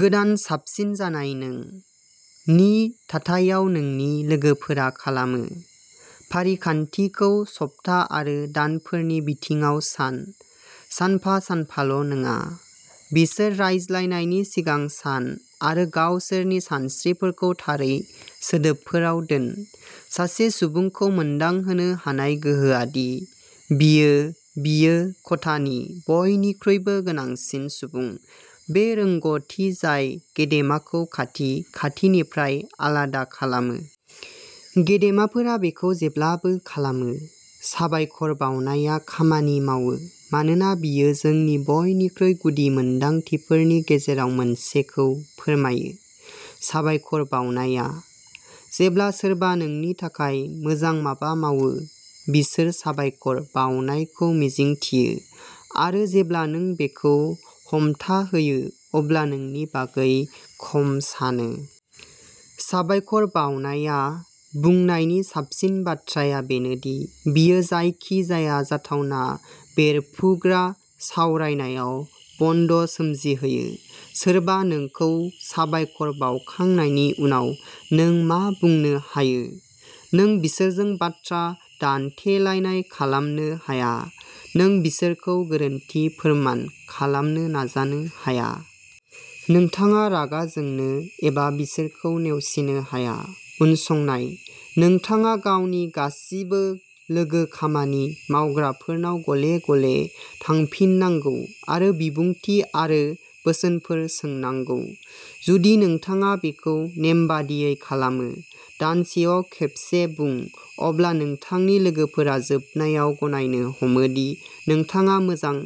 "गोदान साबसिन जानाय नों" नि थाथायाव-नोंनि लोगोफोरा खालामो!-फारिखान्थिखौ सप्ता आरो दानफोरनि बिथिङाव सान, सानफा-सानल'नङा।-बिसोर रायज्लायनायनि सिगां सान आरो गावसोरनि सानस्रिफोरखौ थारै सोदोबफोराव दोन। सासे सुबुंखौ मोनदांहोनो हानाय गोहोआ दि बियो बियो खथानि बयनिख्रुइबो गोनांसिन सुबुं, बे रोंग'थि जाय गेदेमाखौ खाथि-खाथिनिफ्राय आलादा खालामो। गेदेमाफोरा बेखौ जेब्लाबो खालामो। साबायखर बावनाया खामानि मावो मानोना बेयो जोंनि बयनिख्रुइ गुदि मोनदांथिफोरनि गेजेराव मोनसेखौ फोरमायो-साबायखर बावनाया। जेब्ला सोरबा नोंनि थाखाय मोजां माबा मावो, बिसोर साबायखर बावनायखौ मिजिंथियो-आरो जेब्ला नों बेखौ हमथाहोयो अब्ला नोंनि बागै खम सानो। "साबायखर बावनाया" बुंनायनि साबसिन बाथ्राया बेनो दि बेयो जायखिजाया जाथावना बेरफ्रुग्रा सावरायनायाव बन्द'सोमजिहोयो। सोरबा नोंखौ साबायखर बावखांनायनि उनाव नों मा बुंनो हायो? नों बिसोरजों बाथ्रा दान्थेलायनाय खालामनो हाया! नों बिसोरखौ गोरोन्थि फोरमान खालामनो नाजानो हाया! नोंथाङा रागा जोंनो एबा बिसोरखौ नेवसिनो हाया! उनसंनायः नोंथाङा गावनि गासिबो लोगो-खामानि मावग्राफोरनाव गले-गले थांफिननांगौ आरो बिबुंथि आरो बोसोनफोर सोंनांगौ। जुदि नोंथाङा बेखौ नेमबादियै खालामो, दानसेयाव खेबसे बुं, अब्ला नोंथांनि लोगोफोरा जोबनायाव गनायनो हमो दि नोंथाङा मोजां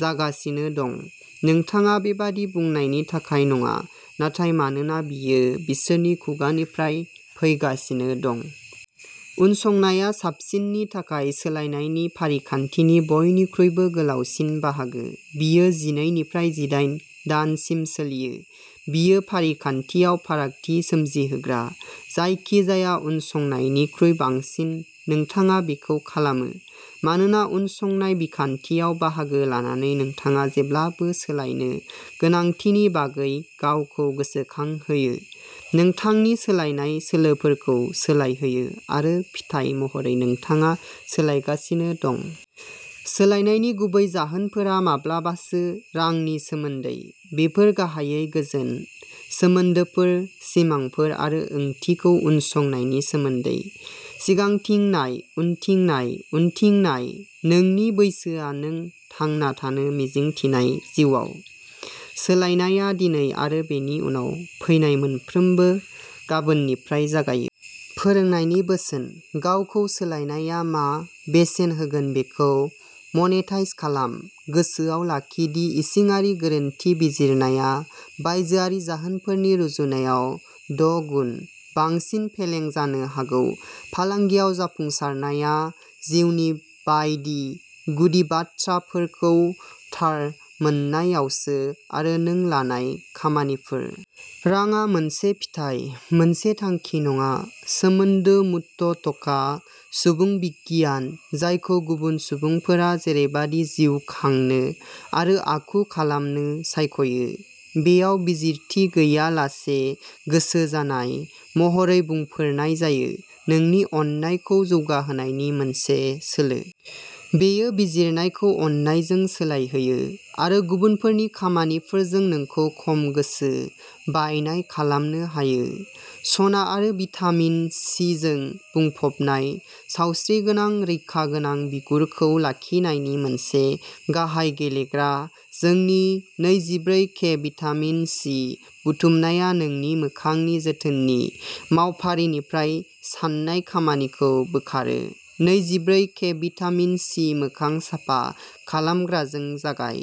जागासिनो दं-नोंथाङा बेबादि बुंनायनि थाखाय नङा, नाथाय मानोना बेयो बिसोरनि खुगानिफ्राय फैगासिनो दं। उनसंनाया साबसिननि थाखाय सोलायनायनि फारिखान्थिनि बयनिख्रुइबो गोलावसिन बाहागो। बेयो जिनै निफ्राय जिदाइन दानसिम सोलियो। बेयो फारिखान्थियाव फारागथि सोमजिहोग्रा। जायखिजाया उनसंनायनिख्रुइ बांसिन, नोंथाङा बेखौ खालामो, मानोना उनसंनाय बिखान्थियाव बाहागो लानानै नोंथाङा जेब्लाबो सोलायनो गोनांथिनि बागै गावखौ गोसोखांहोयो, नोंथांनि सोलायनाय सोलोफोरखौ सोलायहोयो, आरो फिथाय महरै नोंथाङा सोलायगासिनो दं। सोलायनायनि गुबै जाहोनफोरा माब्लाबासो रांनि सोमोन्दै। बेफोर गाहायै गोजोन, सोमोन्दोफोर, सिमांफोर आरो ओंथिखौ उनसंनायनि सोमोन्दै। सिगांथिं नाय, उनथिं नाय। उनथिं नाय। नोंनि बैसोआ नों थांना थानो मिजिं थिनाय जिउआव। सोलायनायआ दिनै आरो बेनि उनाव फैनाय मोनफ्रोमबो गाबोननिफ्राय जागायो। फोरोंनायनि बोसोनः गावखौ सोलायनाया मा बेसेन होगोन बेखौ मनेटाइज खालाम। गोसोआव लाखि दि इसिङारि गोरोन्थि बिजिरनाया बायजोआरि जाहोनफोरनि रुजुनायाव द'गुन बांसिन फेलें जानो हागौ। फालांगियाव जाफुंसारनाया, जिउनि बायदि, गुदि बाथ्राफोरखौ थार मोननायावसो आरो नों लानाय खामानिफोर! रांआ मोनसे फिथाय, मोनसे थांखि नङा! सोमोन्दो मुक्ता सुबुं बिगियान, जायखौ "गुबुन सुबुंफोरा जेरैबादि जिउ खांनो आरो आखु खालामनो सायख'यो बेयाव बिजिरथि गैयालासे गोसो जानाय" महरै बुंफोरनाय जायो, नोंनि अननायखौ जौगाहोनायनि मोनसे सोलो। बेयो बिजिरनायखौ अननायजों सोलायहोयो, आरो गुबुनफोरनि खामानिफोरजों नोंखौ खम गोसो बायनाय खालामनो हायो। सना आरो भिटामिन सिजों बुंफबनाय, सावस्रिगोनां, रैखागोनां बिगुरखौ लाखिनायनि मोनसे गाहाय गेलेग्रा-जोंनि नैजिब्रै के भिटामिन सि बुथुमनाया नोंनि मोखांनि जोथोननि मावफारिनिफ्राय सान्नाय खामानिखौ बोखारो। नैजिब्रै के भिटामिन सि मोखां साफा खालामग्राजों जागाय।